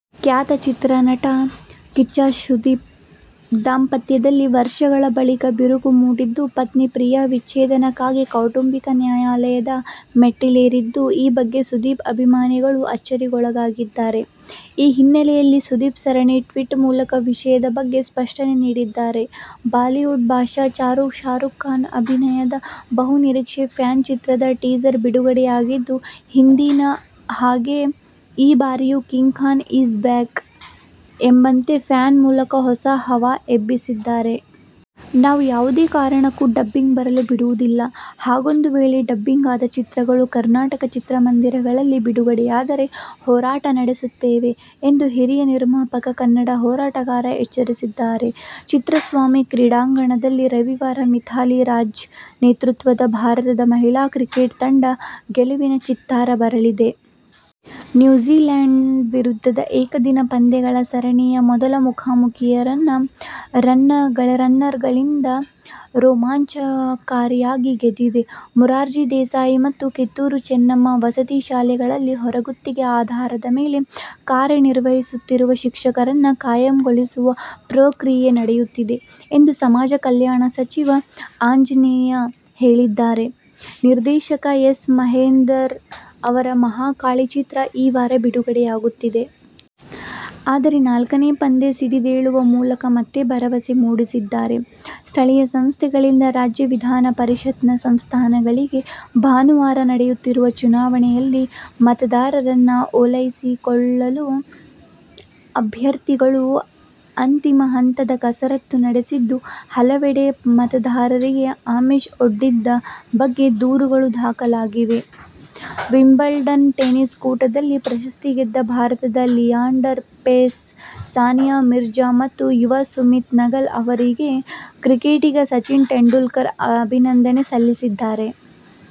ಖ್ಯಾತ ಚಿತ್ರ ನಟ ಕಿಚ್ಚ ಸುದೀಪ್ ದಾಂಪತ್ಯದಲ್ಲಿ ವರ್ಷಗಳ ಬಳಿಕ ಬಿರುಕು ಮೂಡಿದ್ದು, ಪತ್ನಿ ಪ್ರಿಯಾ ವಿಚ್ಛೇದನಕ್ಕಾಗಿ ಕೌಟುಂಬಿಕ ನ್ಯಾಯಾಲಯದ ಮೆಟ್ಟಿಲೇರಿದ್ದು, ಈ ಬಗ್ಗೆ ಸುದೀಪ್ ಅಭಿಮಾನಿಗಳು ಅಚ್ಚರಿಗೊಳಗಾಗಿದ್ದಾರೆ. ಆ ಹಿನ್ನೆಲೆಯಲ್ಲಿ ಸುದೀಪ್ ಸರಣಿ ಟ್ವೀಟ್ ಮೂಲಕ ವಿಷಯದ ಬಗ್ಗೆ ಸ್ಪಷ್ಟನೆ ನೀಡಿದ್ದಾರೆ. ಬಾಲಿವುಡ್ ಬಾದ್'ಶಾ ಶಾರೂಕ್ ಖಾನ್ ಅಭಿನಯದ ಬಹು ನಿರೀಕ್ಷೆಯ ಫ್ಯಾನ್ ಚಿತ್ರದ ಟೀಸರ್ ಬಿಡುಗಡೆಯಾಗಿದ್ದು ಹಿಂದಿನ ಹಾಗೆ ಈ ಬಾರಿಯು ಕಿಂಗ್ ಖಾನ್ ಇಸ್ ಬ್ಯಾಕ್ ಎಂಬಂತೆ ಫ್ಯಾನ್ ಮೂಲಕ ಹೊಸ ಹವಾ ಎಬ್ಬಿಸಿದ್ದಾರೆ. "ನಾವು ಯಾವುದೇ ಕಾರಣಕ್ಕೂ ಡಬ್ಬಿಂಗ್ ಬರಲು ಬಿಡುವುದಿಲ್ಲ. ಹಾಗೊಂದು ವೇಳೆ ಡಬ್ಬಿಂಗ್ ಆದ ಚಿತ್ರಗಳು ಕರ್ನಾಟಕದ ಚಿತ್ರಮಂದಿರಗಳಲ್ಲಿ ಬಿಡುಗಡೆಯಾದರೆ, ಹೋರಾಟ ನಡೆಸುತ್ತೇವೆ' ಎಂದು ಹಿರಿಯ ನಿರ್ಮಾಪಕ, ಕನ್ನಡ ಹೋರಾಟಗಾರ ಎಚ್ಚರಿಸಿದ್ದಾರೆ. ಚಿನ್ನಸ್ವಾಮಿ ಕ್ರೀಡಾಂಗಣದಲ್ಲಿ ರವಿವಾರ ಮಿಥಾಲಿ ರಾಜ್ ನೇತೃತ್ವದ ಭಾರತದ ಮಹಿಳಾ ಕ್ರಿಕೆಟ್ ತಂಡ ಗೆಲುವಿನ ಚಿತ್ತಾರ ಬರೆದಿದೆ. ನ್ಯೂಜಿಲ್ಯಾಂಡ್ ವಿರುದ್ಧದ ಏಕದಿನ ಪಂದ್ಯಗಳ ಸರಣಿಯ ಮೊದಲ ಮುಖಾಮುಖೀಯನ್ನು ರನ್ಗಳಿಂದ ರೋಮಾಂಚಕಾರಿಯಾಗಿ ಗೆದ್ದಿದೆ. ಮೊರಾರ್ಜಿ ದೇಸಾಯಿ ಮತ್ತು ಕಿತ್ತೂರು ಚೆನ್ನಮ್ಮ ವಸತಿ ಶಾಲೆಗಳಲ್ಲಿಹೊರಗುತ್ತಿಗೆ ಆಧಾರದ ಮೇಲೆ ಕಾರ್ಯನಿರ್ವಹಿಸುತ್ತಿರುವ ಶಿಕ್ಷಕರನ್ನು ಕಾಯಂಗೊಳಿಸುವ ಪ್ರಕ್ರಿಯೆ ನಡೆಯುತ್ತಿದೆ ಎಂದು ಸಮಾಜ ಕಲ್ಯಾಣ ಸಚಿವ ಆಂಜನೇಯ ಹೇಳಿದ್ದಾರೆ. ನಿರ್ದೇಶಕ ಎಸ್. ಮಹೇಂದರ್ ಅವರ "ಮಹಾಕಾಳಿ' ಚಿತ್ರ ಈ ವಾರ ಬಿಡುಗಡೆಯಾಗುತ್ತಿದೆ. ಆದರೆ ನಾಲ್ಕನೇ ಪಂದ್ಯ ಸಿಡಿದೇಳುವ ಮೂಲಕ ಮತ್ತೆ ಭರವಸೆ ಮೂಡಿಸಿದ್ದಾರೆ. ಸ್ಥಳೀಯ ಸಂಸ್ಥೆಗಳಿಂದ ರಾಜ್ಯ ವಿಧಾನ ಪರಿಷತ್ನ ಸ್ಥಾನಗಳಿಗೆ ಭಾನುವಾರ ನಡೆಯುತ್ತಿರುವ ಚುನಾವಣೆಯಲ್ಲಿ ಮತದಾರರನ್ನು ಓಲೈಸಿಕೊಳ್ಳಲು ಅಭ್ಯರ್ಥಿಗಳು ಅಂತಿಮ ಹಂತದ ಕಸರತ್ತು ನಡೆಸಿದ್ದು, ಹಲವೆಡೆ ಮತದಾರರಿಗೆ ಆಮಿಷ ಒಡ್ಡಿದ ಬಗ್ಗೆ ದೂರುಗಳು ದಾಖಲಾಗಿವೆ. ವಿಂಬಲ್ಡನ್ ಟೆನಿಸ್ ಕೂಟದಲ್ಲಿ ಪ್ರಶಸ್ತಿ ಗೆದ್ದ ಭಾರತದ ಲಿಯಾಂಡರ್ ಪೇಸ್, ಸಾನಿಯಾ ಮಿರ್ಜಾ ಮತ್ತು ಯುವ ಸುಮಿತ್ ನಗಲ್ ಅವರಿಗೆ ಕ್ರಿಕೆಟಿಗ ಸಚಿನ್ ತೆಂಡುಲ್ಕರ್ ಅಭಿನಂದನೆ ಸಲ್ಲಿಸಿದ್ದಾರೆ.